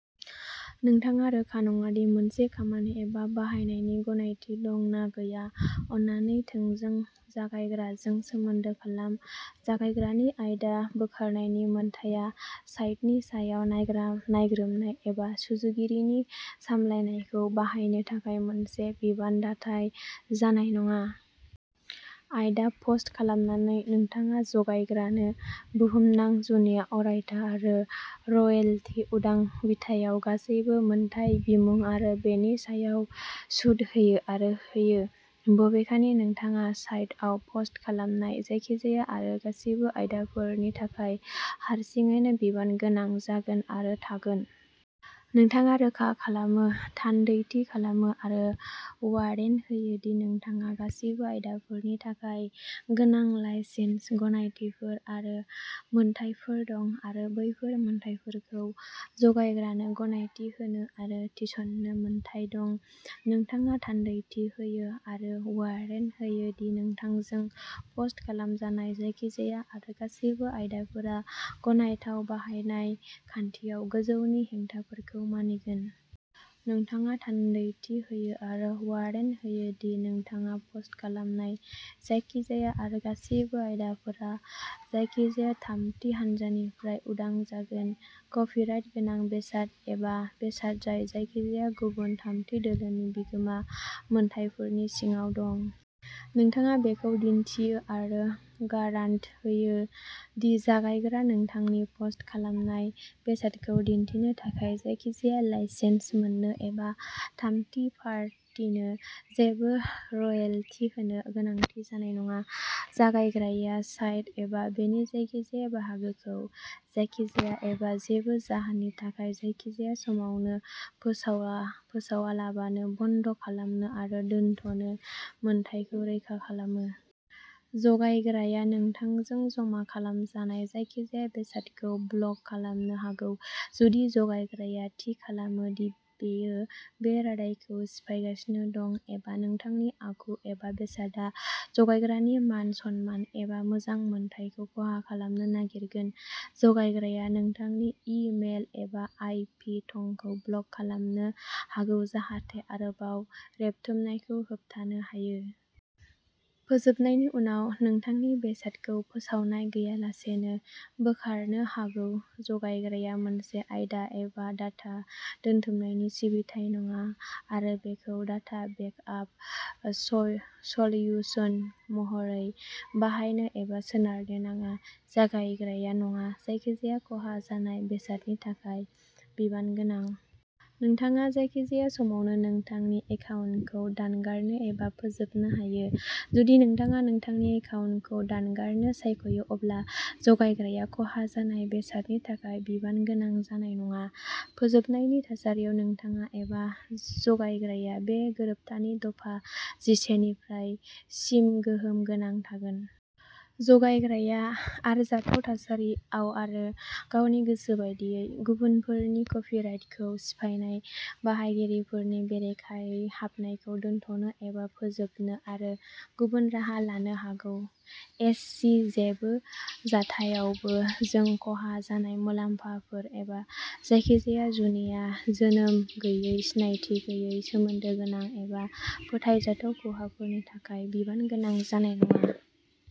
नोंथाङा रोखा नङा दि मोनसे खामानि एबा बाहायनायनि गनायथि दं ना गैया, अन्नानै थोंजों जागायग्राजों सोमोन्दो खालाम। जागायग्रानि आयदा बोखारनायनि मोन्थाइआ साइटनि सायाव नायग्रा नायग्रोमनाय एबा सुजुगिरिनि सामलायनायखौ बाहायनो थाखाय मोनसे बिबान दाथाय जानाय नङा। आयदा पस्ट खालामनानै, नोंथाङा जगायग्रानो बुहुमनां, जुनिया, अरायथा आरो रयेल्टी उदां बिथायाव गासैबो मोनथाय, बिमुं आरो बेनि सायाव सुद होयो आरो होयो। बबेखानि, नोंथाङा साइटआव पस्ट खालामनाय जायखिजाया आरो गासिबो आयदाफोरनि थाखाय हारसिङैनो बिबान गोनां जागोन आरो थागोन। नोंथाङा रोखा खालामो, थान्दैथि खालामो आरो वारेन्ट होयो दि नोंथाङा गासिबो आयदाफोरनि थाखाय गोनां लाइसेन्स, गनायथिफोर आरो मोनथायफोर दं आरो बैफोर मोनथायफोरखौ जगायग्रानो गनायथि होनो आरो थिसन्नो मोन्थाइ दं। नोंथाङा थान्दैथि होयो आरो वारेन्ट होयो दि नोंथांजों पस्ट खालामजानाय जायखिजाया आरो गासिबो आयदाफोरा गनायथाव बाहायनाय खान्थियाव गोजौनि हेंथाफोरखौ मानिगोन। नोंथाङा थान्दैथि होयो आरो वारेन्ट होयो दि नोंथाङा पस्ट खालामनाय जायखिजाया आरो गासिबो आयदाफोरा जायखिजाया थामथि हानजानिफ्राय उदां जागोन। कपिराइट गोनां बेसाद एबा बेसाद जाय जायखिजाया गुबुन थामथि दोलोनि बिगोमा मोनथायफोरनि सिङाव दं। नोंथाङा बेखौ दिन्थियो आरो गारान्ट होयो दि जगायग्राया नोंथांनि पस्ट खालामनाय बेसादखौ दिन्थिनो थाखाय जायखिजाया लाइसेन्स मोननो एबा थामथि पार्टिनो जेबो रयेल्टी होनो गोनांथि जानाय नङा। जगायग्राया साइट, एबा बेनि जायखिजाया बाहागोखौ जायखिजाया एबा जेबो जाहोननि थाखाय, जायखिजाया समावनो, फोसाला फोसावालाबानो बन्द खालामनो आरो दोनथ'नो मोन्थाइखौ रैखा खालामो। जगायग्राया नोंथांजों जमा खालामजानाय जायखिजाया बेसादखौ ब्लक खालामनो हागौ जुदि जगायग्राया थि खालामो दि बेयो बे रादायखौ सिफायगासिनो दं एबा नोंथांनि आखु एबा बेसादआ जगायग्रानि मान-सन्मान एबा मोजां मोनथायखौ खहा खालामनो नागिरगोन। जगायग्राया नोंथांनि इ मेल एबा आइ पि थंखौ ब्लक खालामनो हागौ जाहाथे आरोबाव रेबथुमनायखौ होबथानो हायो। फोजोबनायनि उनाव, नोंथांनि बेसादखौ फोसावनाय गैयालासेनो बोखारनो हागौ। जगायग्राया मोनसे आयदा एबा डाटा दोनथुमनाय सिबिथाइ नङा आरो बेखौ डाटा बेकआप सय सल्युशन महरै बाहायनो एबा सोनारनो नाङा। जगायग्राया नङा। जायखिजाया खहा जानाय बेसादनि थाखाय बिबान गोनां। नोंथाङा जायखिजाया समावनो नोंथांनि एकाउन्टखौ दानगारनो एबा फोजोबनो हायो। जुदि नोंथाङा नोंथांनि एकाउन्टखौ दानगारनो सायख'यो, अब्ला जगायग्राया खहा जानाय बेसादनि थाखाय बिबान गोनां जानाय नङा। फोजोबनायनि थासारियाव, नोंथाङा एबा जगायग्राया, बे गोरोबथानि दफा जिसे निफ्राय सिम गोहोम गोनां थागोन। जगायग्राया, आरजाथाव थासारियाव आरो गावनि गोसो बादियै, गुबुनफोरनि कपिराइटखौ सिफायनाय बाहायगिरिफोरनि बेरेखायै हाबनायखौ दोनथ'नो एबा फोजोबनो आरो गुबुन राहा लानो हागौ। एस सि जेबो जाथायावबो जों खहा जानाय मुलाम्फाफोर एबा जायखिजाया जुनिया, जोनोम गैयै, सिनायथि गैयै, सोमोन्दो गोनां एबा फोथायजाथाव खहाफोरनि थाखाय बिबान गोनां जानाय नङा।